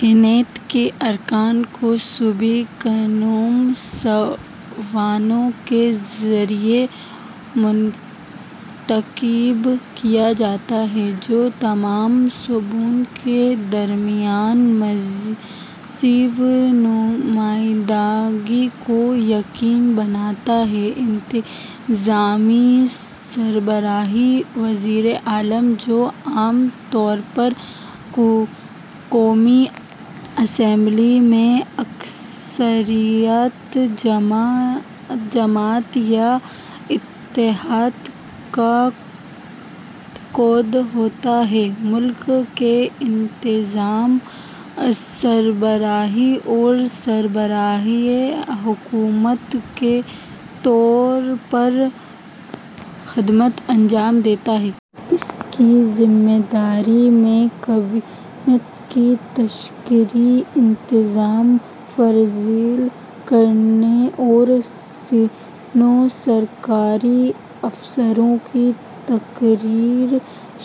Senate کے ارکان کو صوبائی قانون سازوں کے ذریعے منتخب کیا جاتا ہے، جو تمام صوبوں کے درمیان مساوی نمائندگی کو یقینی بناتا ہے۔ انتظامی سربراہ: وزیر اعظم، جو عام طور پر قومی اسمبلی میں اکثریتی جماعت یا اتحاد کا قائد ہوتا ہے، ملک کے انتظامی سربراہ اور سربراہ حکومت کے طور پر خدمات انجام دیتا ہے۔ اس کی ذمہ داریوں میں کابینہ کی تشکیل، انتظامی فیصلے کرنا اور سینئر سرکاری افسران کی تقرری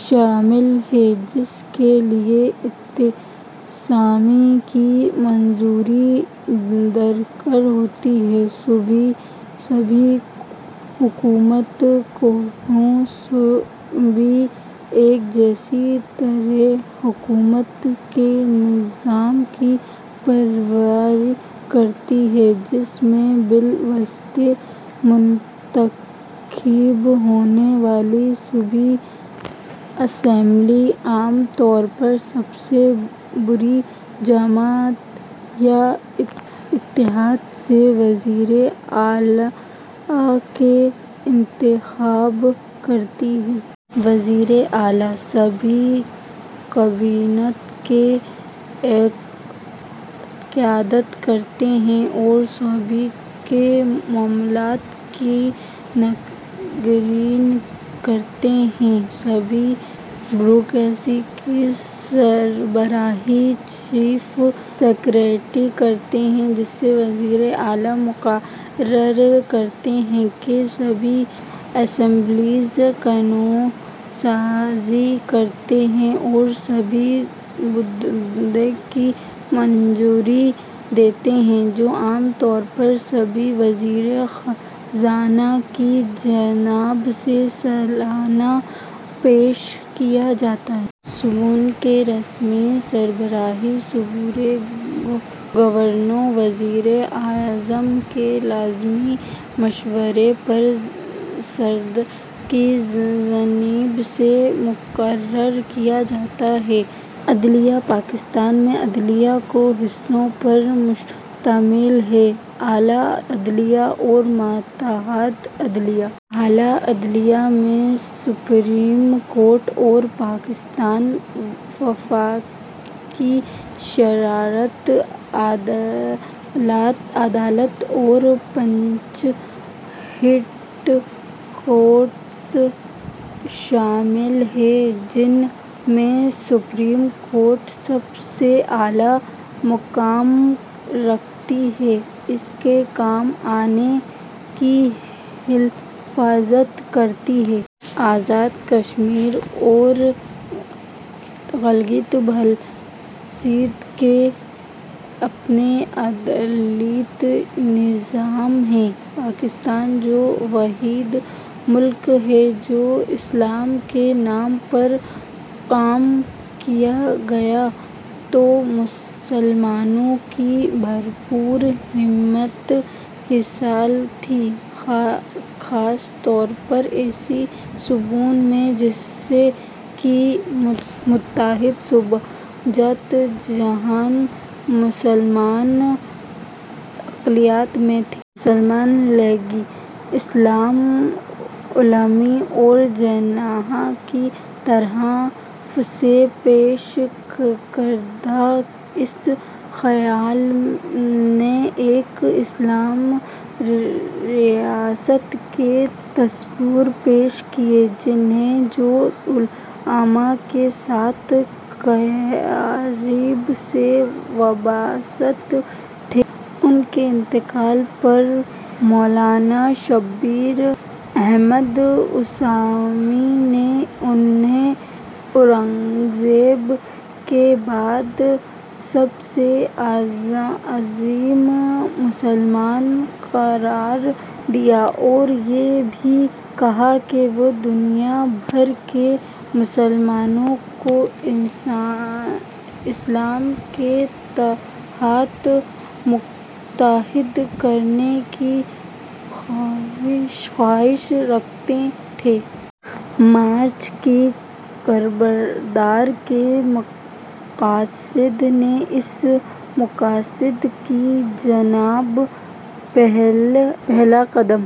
شامل ہے، جس کے لیے انتظامیہ کی منظوری درکار ہوتی ہے۔ صوبائی حکومتیں: چاروں صوبے ایک جیسے طرز حکمرانی کے نظام کی پیروی کرتے ہیں، جس میں براہ راست منتخب ہونے والی صوبائی اسمبلی، عام طور پر سب سے بڑی جماعت یا اتحاد سے وزیر اعلیٰ کا انتخاب کرتی ہے۔ وزرائے اعلیٰ صوبائی کابینہ کی قیادت کرتے ہیں اور صوبے کے معاملات کی نگرانی کرتے ہیں۔ صوبائی بیوروکریسی کی سربراہی چیف سیکرٹری کرتا ہے، جسے وزیر اعظم مقرر کرتے ہیں۔ صوبائی اسمبلیاں قانون سازی کرتی ہیں اور صوبائی بجٹ کی منظوری دیتی ہیں، جو عام طور پر صوبائی وزیر خزانہ کی جانب سے سالانہ پیش کیا جاتا ہے۔ صوبوں کے رسمی سربراہ، صوبائی گورنر، وزیر اعظم کے لازمی مشورے پر صدر کی جانب سے مقرر کیے جاتے ہیں۔ عدلیہ: پاکستان میں عدلیہ دو حصوں پر مشتمل ہے: اعلیٰ عدلیہ اور ماتحت عدلیہ۔ اعلیٰ عدلیہ میں سپریم کورٹ آف پاکستان، وفاقی شرعی عدالت اور پانچ ہائی کورٹس شامل ہیں، جن میں سپریم کورٹ سب سے اعلیٰ مقام رکھتی ہے۔ اس کا کام آئین کی حفاظت کرنا ہے۔ آزاد کشمیر اور گلگت بلتستان کا اپنا عدالتی نظام ہے۔ پاکستان، جو واحد ملک ہے جو اسلام کے نام پر قائم کیا گیا، کو مسلمانوں کی بھرپور حمایت حاصل تھی، خاص طور پر ایسے صوبوں میں جیسے کہ متحدہ صوبہ جات، جہاں مسلمان اقلیت میں تھے۔ مسلم لیگ، اسلامی علما اور جناح کی طرف سے پیش کردہ اس خیال نے ایک اسلامی ریاست کا تصور پیش کیا۔ جناح، جو علما کے ساتھ قریب سے وابستہ تھے، ان کے انتقال پر مولانا شبیر احمد عثمانی نے انھیں اورنگزیب کے بعد سب سے عظیم مسلمان قرار دیا اور یہ بھی کہا کہ وہ دنیا بھر کے مسلمانوں کو اسلام کے تحت متحد کرنے کی خواہش رکھتے تھے۔ مارچ کی قراردادِ مقاصد نے اس مقصد کی جانب پہلا قدم۔